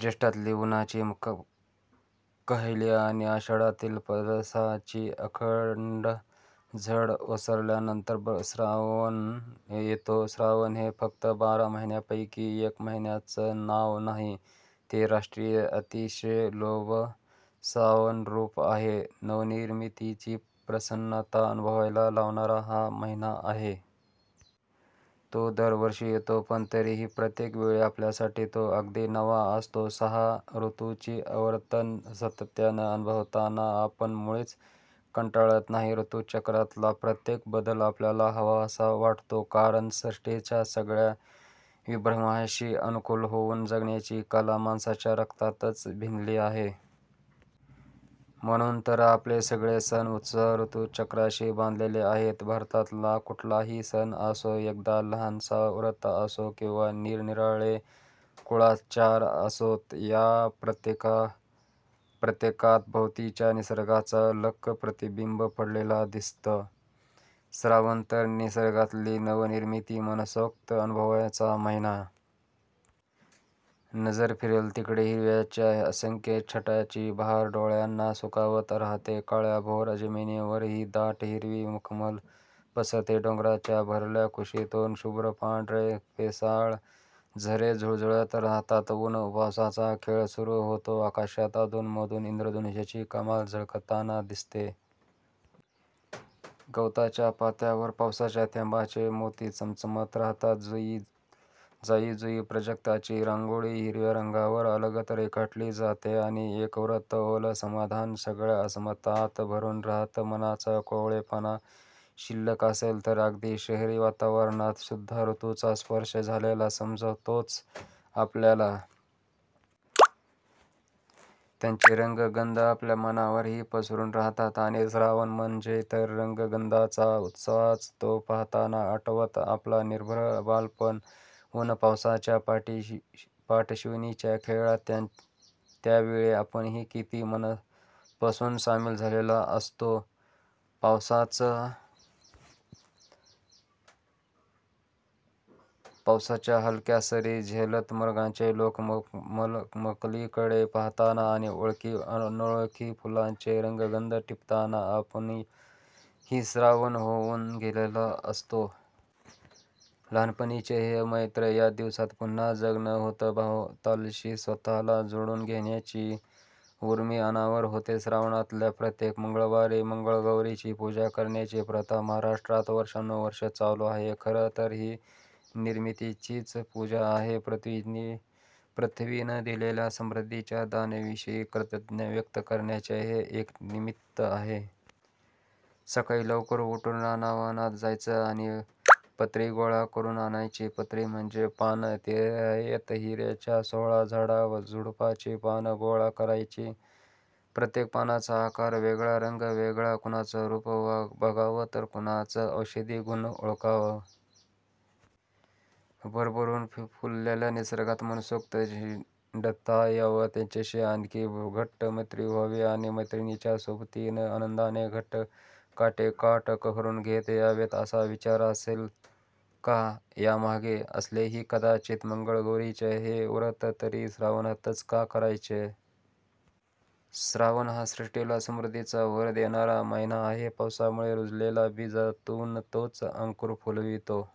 ज्येष्ठातली उन्हाची काहिली आणि आषाढातली पावसाची अखंड झड ओसरल्यानंतर श्रावण येतो. श्रावण हे फक्त बारा महिन्यांपैकी एका महिन्याचं नाव नाही. ते सृष्टीचं अतिशय लोभसवाणं रूप आहे. नवनिर्मितीची प्रसन्नता अनुभवायला लावणारा हा महिना आहे. तो दरवर्षी येतो पण तरीही प्रत्येक वेळी आपल्यासाठी तो अगदी नवा असतो. सहा ऋतूंची आवर्तनं सातत्यानं अनुभवताना आपण मुळीच कंटाळत नाही. ऋतुचक्रातला प्रत्येक बदल आपल्याला हवाहवासा वाटतो. कारण सृष्टीच्या सगळ्या विभ्रमांशी अनुकूल होऊन जगण्याची कला माणसाच्या रक्तातच भिनली आहे. म्हणून तर आपले सगळे सण-उत्सव ऋतुचक्राशी बांधलेले आहेत. भारतातला कुठलाही सण असो, एखादं लहानसं व्रत असो किंवा निरनिराळे कुळाचार असोत, या प्रत्येकात भोवतीच्या निसर्गाचं लख्ख प्रतिबिंब पडलेलं दिसतं. श्रावण तर निसर्गातली नवनिर्मिती मनसोक्त अनुभवण्याचा महिना. नजर फिरेल तिकडे हिरव्याच्या असंख्य छटांची बहार डोळ्यांना सुखावत रहाते. काळ्याभोर जमिनीवरही दाट, हिरवी मखमल पसरते. डोंगराच्या भरल्या कुशीतून शुभ्र पांढरे, फेसाळ झरे झुळझुळत राहतात. ऊन-पावसाचा खेळ सुरु होतो. आकाशात अधून मधून इंद्रधनुष्याची कमान झळकताना दिसते. गवताच्या पात्यांवर पावसाच्या थेंबांचे मोती चमचमत राहतात. जाई-जुई, प्राजक्ताची रांगोळी हिरव्या रंगावर अलगद रेखाटली जाते आणि एक तृप्त ओलं समाधान सगळ्या आसमंतात भरून राहतं. मनाचं कोवळेपण शिल्लक असेल तर अगदी शहरी वातावरणात सुद्धा ऋतूंचा स्पर्श झालेला समजतोच आपल्याला. त्यांचे रंग-गंध आपल्या मनावरही पसरून राहतात. आणि श्रावण म्हणजे तर रंग-गंधांचा उत्सवच! तो पहाताना आठवतं आपलं निरभ्र बालपण. ऊन-पावसाच्या पाठशिवणीच्याखेळात त्यावेळी आपणही किती मनापासून सामील झालेलो असतो! पावसाच्या हलक्या सरी झेलत मृगाचे लाल मखमली किडे पहाताना आणि ओळखी-अनोळखी फुलांचे रंग-गंध टिपताना आपणही श्रावणच होऊन गेलेलो असतो! लहानपणीचं हे मैत्र या दिवसांत पुन्हा जागं होतं. भवतालाशी स्वतःला जोडून घेण्याची उर्मी अनावर होते. श्रावणातल्या प्रत्येक मंगळवारी मंगळागौरीची पूजा करण्याची प्रथा महाराष्ट्रात वर्षानुवर्षं चालू आहे. खरं तर ही निर्मितीचीच पूजा आहे. पृथ्वीनं दिलेल्या समृद्धीच्या दानाविषयी कृतज्ञता व्यक्त करण्याचं हे एक निमित्त आहे. सकाळी लवकर उठून रानावनात जायचं आणि पत्री गोळा करून आणायची. पत्री म्हणजे पानं. तऱ्हेतऱ्हेच्या सोळा झाडाझुडपांची पानं गोळा करायची. प्रत्येक पानाचा आकार वेगळा, रंग वेगळा. कुणाचं रूप बघावं तर कुणाचा औषधी गुण ओळखावा. भरभरून फुललेल्या निसर्गात मनसोक्त हिंडता यावं, त्याच्याशी आणखी घट्ट मैत्री व्हावी आणि मैत्रिणींच्या सोबतीनं आनंदाचे घट काठोकाठ भरून घेता यावेत, असा विचार असेल का यामागे? असेलही कदाचित. मंगळागौरीचं हे व्रत तरी श्रावणातच का करायचं? श्रावण हा सृष्टीला समृद्धीचा वर देणारा महिना आहे. पावसामुळे रुजलेल्या बीजातून तोच अंकुर फुलवितो.